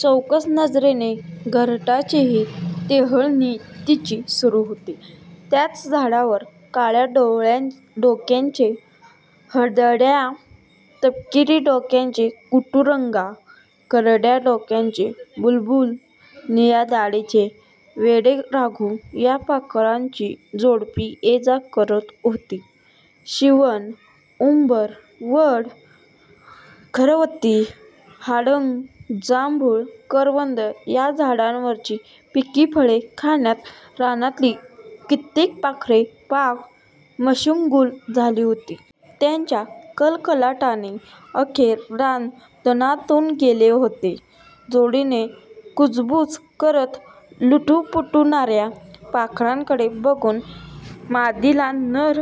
चौकस नजरेने घरट्याचीही टेहळणी तिची सुरू होती. त्याच झाडावर काळ्या डोक्याचे हळद्या, तपकिरी डोक्याचे कुटूरगा, करड्या डोक्याचे बुलबुल, निळ्या दाढीचे वेडेराघू या पाखरांची जोडपी ये-जा करत होती. शिवण, उंबर, वड, खरवती, हाडंग, जांभूळ, करवंद या झाडावरची पिक्की फळे खाण्यात रानांतली कित्येक पाखरे पाक मश्गुल झाली होती. त्यांच्या कलकलाटाने अखेर रान दणाणून गेले होते. जोडीने कुजबुज करत लुटपूटणाऱ्या पाखरांकडे बघून मादीला नर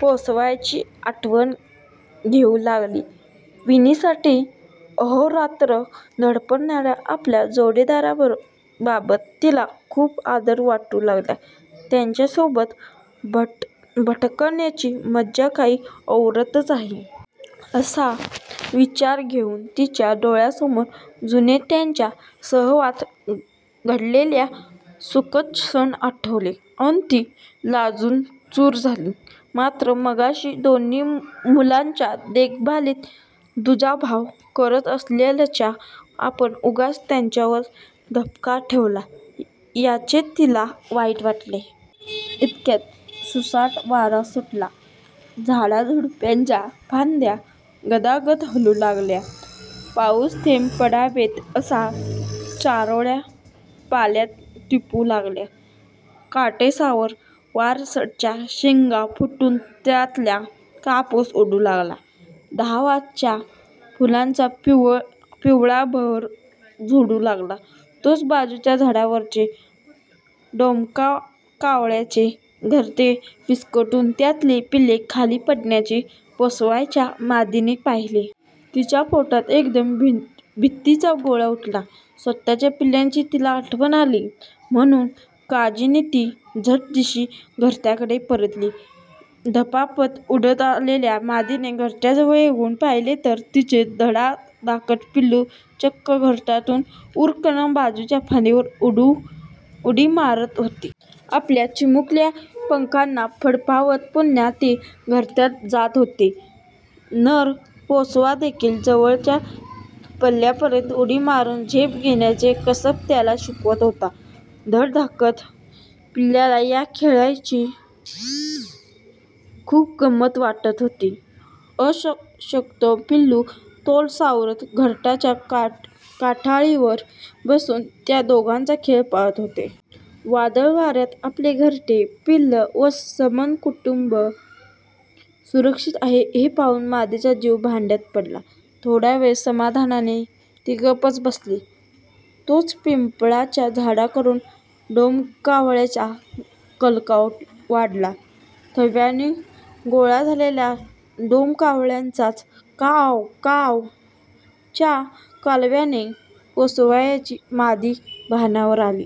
पोसव्याची आठवण येऊ लागली. विणीसाठी अहोरात्र धडपडणाऱ्या आपल्या जोडीदाराबाबत तिला खूप आदर वाटू लागला- 'त्याच्यासोबत भटकण्याची मजा काही औरच आहे.' असा विचार येऊन तिच्या डोळ्यांसमोर जुने त्याच्या सहवागात घालवलेले सुखद क्षण आठवले अन् ती लाजून चूर झाली. मात्र मघाशी दोन्ही मुलांच्या देखभालीत दुजाभाव करत असल्याचा आपण उगाच त्याच्यावर ठपका ठेवला याचे तिला वाईट वाटले. इतक्यात सुसाट वारा सुटला. झाडाझुडपांच्या फांद्या गदागदा हलू लागल्या. पाऊसथेंब पडावेत तशा चारोळ्या पाल्यात टपटपू लागल्या. काटेसावर, वारसच्या शेंगा फुटून त्यातला कापूस उडू लागला. बहावाच्या फुलांचा पिवळा बहर झडू लागला. तोच बाजूच्या झाडावरचे डोमकावळ्याचे घरटे विस्कटून त्यातली पिल्ले खाली पडल्याचे पोसव्याच्या मादीने पाहिले. तिच्या पोटात एकदम भीतीचा गोळा उठला. स्वतःच्या पिलांची तिला आठवण आली, म्हणून काळजीने ती झट्दिशी घरट्याकडे परतली. धपापत उडत आलेल्या मादीने घरट्याजवळ येऊन पाहिले तर तिचे धडधाकट पिलू चक्क घरट्यातून भुर्रकन बाजूच्या फांदीवर उडी मारत होते. आपल्या चिमुकल्या पंखांना फडफडावत पुन्हा ते घरट्यात जात होते. नर पोसवा देखील जवळच्या पल्यापर्यंत उडी मारून झेप घेण्याचे कसब त्याला शिकवत होता. धडधाकट पिलाला या खेळाची खूप गंमत वाटत होती. अशक्त पिलू तोल सावरत घरट्याच्या काठाळीवर बसून त्या दोघांचा खेळ पाहत होते. वादळवाऱ्यात आपले घरटे, पिल्लं व सबंध कुटुंब सुरक्षित आहे हे पाहून मादीचा जीव भांड्यात पडला. थोडावेळ समाधानाने ती गप्पच बसली. तोच पिंपळाच्या झाडाकडून डोमकावळ्यांचा गलका वाढला. थव्यांनी गोळा झालेल्या डोमकावळ्यांच्या काव... काव... च्या कालव्याने पोसव्याची मादी भानावर आली.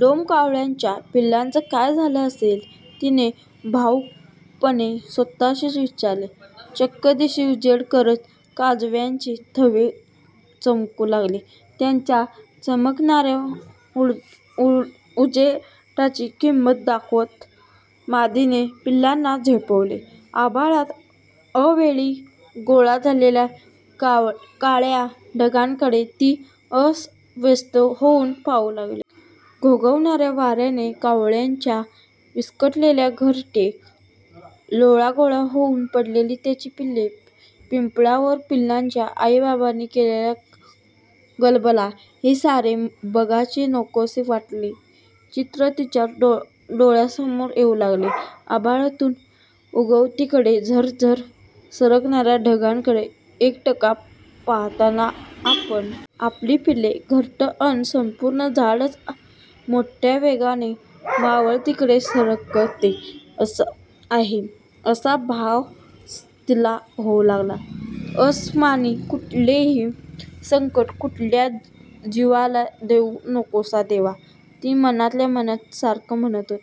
'डोमकावळ्यांच्या पिल्लांचं काय झालं असेल?' तिने भावुकपणे स्वतःशीच विचारले. चक्कदिशी उजेड करत काजव्यांचे थवे चमकू लागले. त्यांच्या चकचकणाऱ्या उजेडाची गंमत दाखवत मादीने पिलांना झोपवले. आभाळात अवेळी गोळा झालेल्या काळ्या ढगांकडे ती अस्वस्थ होऊन पाहू लागली. घोंघावणाऱ्या वाऱ्याने कावळ्यांचे विस्कटलेले घरटे.. लोळागोळा होऊन पडलेली त्यांची पिले.. पिंपळावर पिलांच्या आईबाबांनी केलेला गलबला.. हे सारे मघाचे नकोसे वाटलेले चित्र तिच्या डोळ्यांसमोर येऊ लागले. आभाळातून उगवतीकडे झरझर सरकणाऱ्या ढगांकडे एकटाक पाहताना आपण.. आपली पिले... घरटं अन् संपूर्ण झाडच मोठ्या वेगाने मावळतीकडे सरकते आहे असा भास तिला होऊ लागला. 'अस्मानी कुठलंही संकट कुठल्या जीवाला देऊ नकोस देवा!' ती मनातल्या मनात सारखे म्हणत होती.